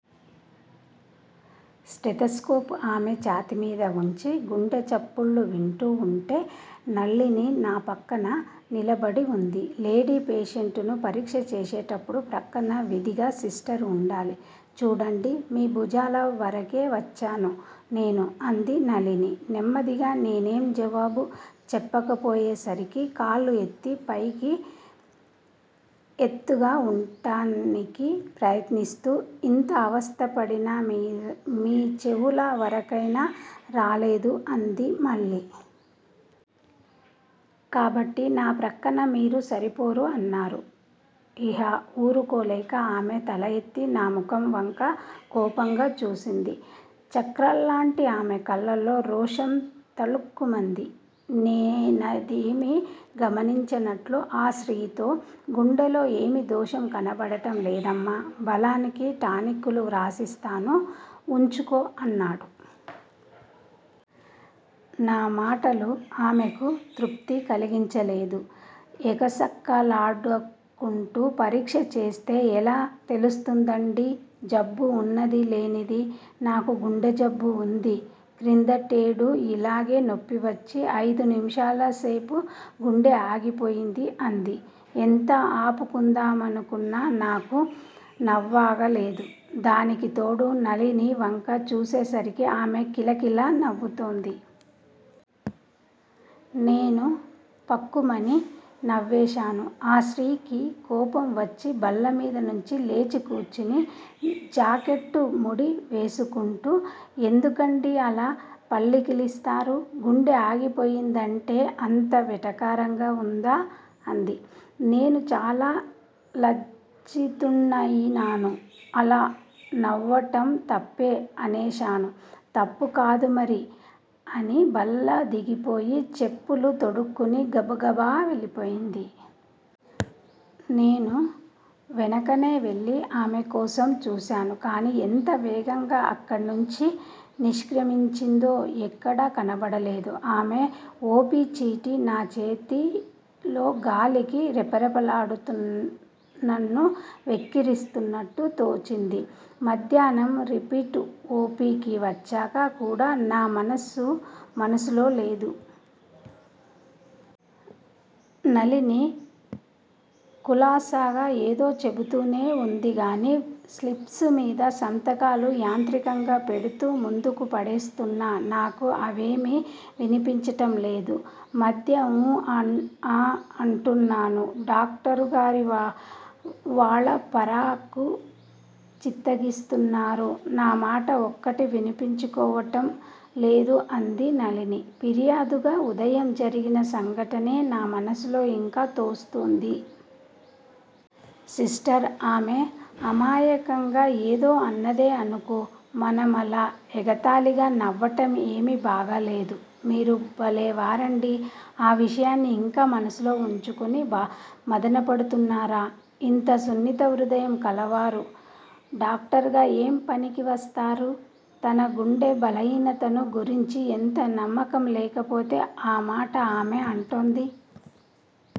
Stethoscope ఆమె ఛాతీమీద వుంచి గుండె చప్పుళ్ళు వింటూ వుంటే, నళిని నా ప్రక్కన నిలబడి వుంది. లేడీ పేషెంటును పరీక్ష చేసేటప్పుడు ప్రక్కన విధిగా సిస్టర్ వుండాలి. చూడండి. మీ భుజాల వరకే వచ్చాను నేను అంది నళిని నెమ్మదిగా. నేనేం జవాబు చెప్పకపోయేసరికి, కాళ్ళు ఎత్తి యింకా ఎత్తుగా వుంటానికి ప్రయత్నిస్తూ ఇంత అవస్థపడినా మీ చెవుల వరకైనా రాలేదు అంది మళ్ళీ. కాబట్టి నా ప్రక్కన మీరు సరిపోరు అన్నాను, యిహ ఊరుకోలేక. ఆమె తల ఎత్తి నాముఖం వంక కోపంగా చూసింది. చక్రాల్లాంటి ఆమె కళ్ళలో రోషం తళుక్కుమంది. నేనదేమీ గమనించనట్లు, ఆ స్త్రీతో గుండెలో ఏమీ దోషం కనబడటం లేదమ్మా! బలానికి టానిక్కులు వ్రాసిస్తాను వున్చ్చుకో అన్నాడు. నా మాటలు ఆమెకు తృప్తికలిగించలేదు. ఎకసక్కాలాడుకుంటూ పరీక్ష చేస్తే ఎలా తెలుస్తుందండీ, జబ్బు వున్నది లేనిదీ, నాకు గుండెజబ్బు వుంది క్రిందటేడు యిలాగే నొప్పివచ్చి అయిదు నిమిషాలసేపు గుండె ఆగిపోయింది అంది. ఎంత ఆపుకుందామానుకున్నా నాకు నవ్వాగలేదు. దానికి తోడు నళిని వంక చూసేసరికి ఆమె కిల కిల నవ్వుతోంది. నేనూ ఫక్కుమని నవ్వేశాను. ఆ స్త్రీకి కోపం వచ్చి బల్లమీద నుంచి లేచికూర్చుని, జాకెట్టు ముడి వేసుకుంటూ ఎందుకండీ అలా పళ్ళికిలిస్తారు? గుండె ఆగిపోయిందంటే అంత వెటకారంగా వుందా? అన్నది. నేను చాలా లజ్జితుణ్నయినాను అలా నవ్వటం తప్పే అనేశాను. తప్పు కాదూ మరి? అని బల్లదిగిపోయి, చెప్పులు తొడుక్కుని, గబ గబ వెళ్ళిపోయింది. నేను వెనకనే వెళ్ళి ఆమె కోసం చూశాను కాని, ఎంత వేగంగా అక్కడి నుంచి నిష్క్రమించిందో, ఎక్కడా కనబడలేదు ఆమె. ఓ. పి. చీటీ నా చేతిలో గాలికి రెపరెపలాడుతూ నన్ను వెక్కిరిస్తున్నట్లు తోచింది. మధ్యాహ్నం రిపీట్ ఓ. పి. కి వచ్చాక కూడా నా మనసు మనసులో లేదు. నళిని కులాసాగా ఏదో చెబుతూనే వుందిగాని స్లిప్స్ మీద సంతకాలు యాంత్రికంగా పెడుతూ ముందుకు పడేస్తున్న నాకు అవేమీ వినిపించటంలేదు. మధ్య 'ఊ, ఆఁ' అంటున్నాను. డాక్టరుగారివాళ పరాకు చిత్తగిస్తున్నారు నా మాట ఒక్కటీ వినిపించుకోవటం లేదు అంది నళిని ఫిర్యాదుగా. ఉదయం జరిగిన సంఘటనే నా మనసులో యింకా తొస్తోంది. సిస్టర్! ఆమె అమాయకంగా ఏదో అన్నదే అనుకో, మనమలా ఎగతాళిగా నవ్వటం ఏమీ బాగాలేదు. మీరు బలేవారండీ, ఆ విషయాన్ని యింకా మనసులో వుంచుకుని మధనపడుతున్నారా? ఇంత సున్నిత హృదయం కలవారు డాక్టరుగా ఏం పనికి వస్తారు? తన గుండె బలహీనతను గురించి ఎంత నమ్మకం లేకపోతే ఆ మాట ఆమె అంటుంది?